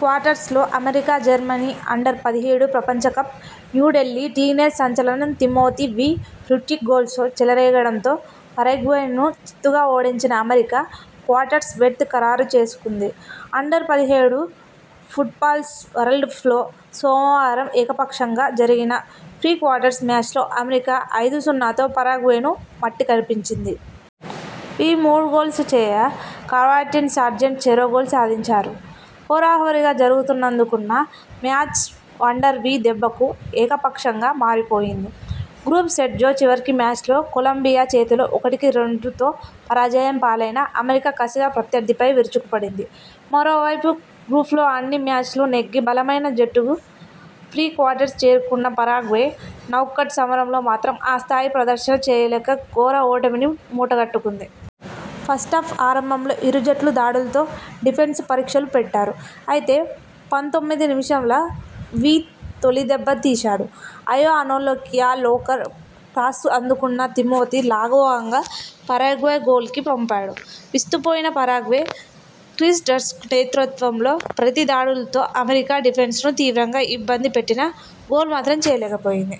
క్వార్టర్స్లో America, Germany under పదిహేడు ప్రపంచకప్ న్యూఢిల్లీ టీనేజ్ సంచలనం తిమోతి వీ హ్యాట్రిక్ గోల్స్తో చెలరేగడంతో పరాగ్వేను చిత్తుగా ఓడించిన అమెరికా క్వార్టర్స్ బెర్త్ ఖరారు చేసుకుంది. అండర్-పదిహేడు ఫుట్బాల్ వరల్డ్కప్లో సోమవారం ఏకపక్షంగా జరిగిన ప్రీ క్వార్టర్స్ మ్యాచ్లో అమెరికా ఐదు-సున్నాతో పరాగ్వేను మట్టికరిపించింది. వీ మూడు గోల్స్ చేయగా కార్లెటన్, సార్జెంట్ చెరో గోల్ సాధించారు. హోరాహోరీగా జరుగుతుందనుకున్న మ్యాచ్ వండర్ వీ దెబ్బకు ఏకపక్షంగా మారిపోయింది. గ్రూప్ స్టేజ్లో చివరికి మ్యాచ్లో కొలంబియా చేతిలో ఒకటి-రెండుతో పరాజయం పాలైన అమెరికా కసిగా ప్రత్యర్థిపై విరుచుకుపడింది. మరోవైపు గ్రూప్లో అన్ని మ్యాచ్లూ నెగ్గి బలమైన జట్టుగా ప్రీ క్వార్టర్స్కు చేరుకున్న పరాగ్వే నాకౌట్ సమరంలో మాత్రం ఆస్థాయి ప్రదర్శన చేయలేక ఘోర ఓటమిని మూటగట్టుకుంది. ఫస్టాఫ్ ఆరంభంలో ఇరు జట్లూ దాడులతో డిఫెన్స్కు పరీక్షలు పెట్టారు. అయితే పంతొమ్మిది నిమిషంల వీ తొలి దెబ్బ తీశాడు. అయో అకినోలా లోయర్ క్రాస్ను అందుకున్న తిమోతి లాఘవంగా పరాగ్వే గోల్లోకి పంపాడు. విస్తుపోయిన పరాగ్వే క్రిస్ డుర్కిన్ నేతృత్వంలో ప్రతి దాడులతో అమెరికా డిఫెన్స్ను తీవ్రంగా ఇబ్బంది పెట్టినా గోల్ మాత్రం చేయలేక పోయింది.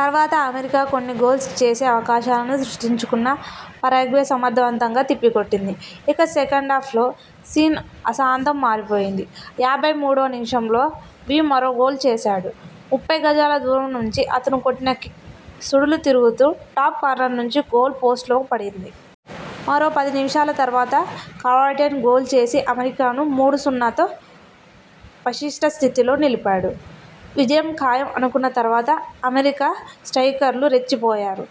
తర్వాత అమెరికా కొన్ని గోల్స్ చేసే అవకాశాలను సృష్టించుకున్నా పరాగ్వే సమర్థవంతగా తిప్పికొట్టింది. ఇక సెకండాఫ్లో సీన్ ఆసాంతం మారిపోయింది. యాభై మూడువ నిమిషంలో వీ మరో గోల్ చేశాడు. ముప్పై గజాల దూరం నుంచి అతడు కొట్టిన కిక్ సుడులు తిరుగుతూ టాప్ కార్నర్ నుంచి గోల్ పోస్టులో పడింది. మరో పది నిమిషాల తర్వాత కార్లెటన్ గోల్ చేసి అమెరికాను మూడు-సున్నాతో పటిష్ట స్థితిలో నిలిపాడు. విజయం ఖాయం అనుకున్న తర్వాత అమెరికా స్ట్రయికర్లు రెచ్చిపోయారు.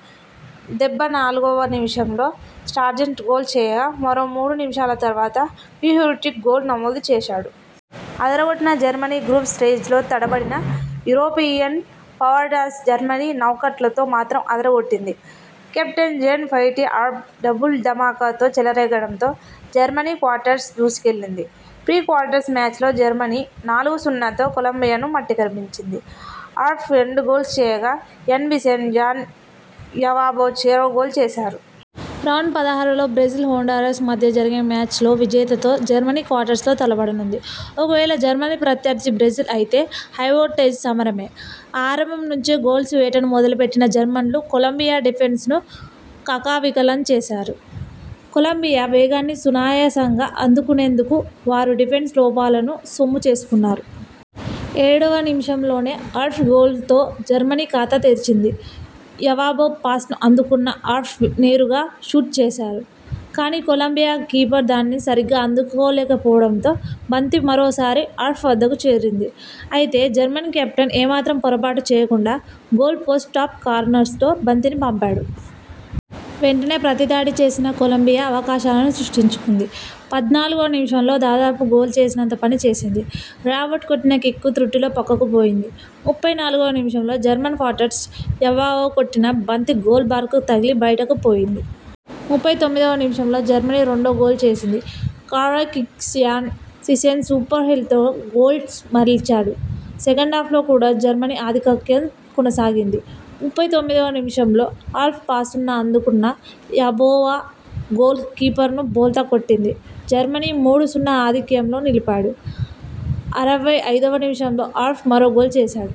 డెబ్బై నాలుగువ నిమిషంలో సార్జెంట్ గోల్ చేయగా మరో మూడు నిమిషాల తర్వాత వీ హ్యాట్రిక్ గోల్ నమోదు చేశాడు. అదరగొట్టిన జర్మనీ గ్రూప్ స్టేజ్లో తడబడిన యూరోపియన్ పవర్హౌస్ జర్మనీ నాకౌట్లో మాత్రం అదరగొట్టింది. కెప్టెన్ జన్-ఫైటీ అర్ప్ డబుల్ ధమాకాతో చెలరేగడంతో జర్మనీ క్వార్టర్స్కు దూసుకెళ్లింది. ప్రీ క్వార్టర్స్ మ్యాచ్లో జర్మనీ నాలుగు-సున్నాతో కొలంబియాను మట్టికరిపింది. అర్ప్ రెండు గోల్స్ చేయగా యాన్ బిసెక్, జాన్ యబోవా చెరో గోల్ చేశారు. రౌండ్-పదహారులో బ్రెజిల్, హోండరస్ మధ్య జరిగే మ్యాచ్ విజేతతో జర్మనీ క్వార్టర్స్లో తలపడనుంది. ఒకవేళ జర్మనీ ప్రత్యర్థి బ్రెజిల్ అయితే హైవోల్టేజ్ సమరమే! ఆరంభం నుంచే గోల్స్ వేటను మొదలెట్టిన జర్మన్లు కొలంబియా డిఫెన్స్ను కకావికలం చేశారు. కొలంబియా వేగాన్ని సునాయాసంగా అందుకునేందుకు వారి డిఫెన్స్ లోపాలను సొమ్ము చేసుకున్నారు. ఏడువ నిమిషంలోనే అర్ప్ గోల్తో జర్మనీ ఖాతా తెరిచింది. యబోవా పాస్ను అందుకున్న అర్ప్ నేరుగా షూట్ చేశాడు. కానీ కొలంబియా కీపర్ దానిని సరిగా అందుకోలేకపోవడంతో బంతి మరోసారి అర్ప్ వద్దకు చేరింది. అయితే జర్మన్ కెప్టెన్ ఏమాత్రం పొరబాటు చేయకుండా గోల్ పోస్టు టాప్ కార్నర్స్ తో బంతిని పంపాడు. వెంటనే ప్రతి దాడి చేసిన కొలంబియా అవకాశాలను సృష్టించుకుంది పద్నాలుగువ నిమిషంలో దాదాపు గోల్ చేసినంత పని చేసింది. రాబర్ట్ కొట్టిన కిక్ త్రుటిలో పక్కకు పోయింది. ముప్పై నాలుగువ నిమిషంలో జర్మన్ ఫార్వర్డ్ యావబో కొట్టిన బంతి గోల్ బార్కు తగిలి బయటకు పోయింది. ముప్పై తొమ్మిదివ నిమిషంలో జర్మనీ రెండో గోల్ చేసింది. కార్నర్ కిక్ను యాన్ సిసెక్ సూపర్ హెడ్డర్తో గోల్గా మలిచాడు. సెకండాఫ్లో కూడా జర్మన్ల ఆధిపత్యం కొనసాగింది. ముప్పై తొమ్మిదివ నిమిషంలో అర్ప్ పాస్ను అందుకున్న యబోవా గోల్ కీపర్ను బోల్తా కొట్టించి జర్మనీని మూడు-సున్నా ఆధిక్యంలో నిలిపాడు. అరవై ఐదువ నిమిషంలో అర్ప్ మరో గోల్ చేశాడు.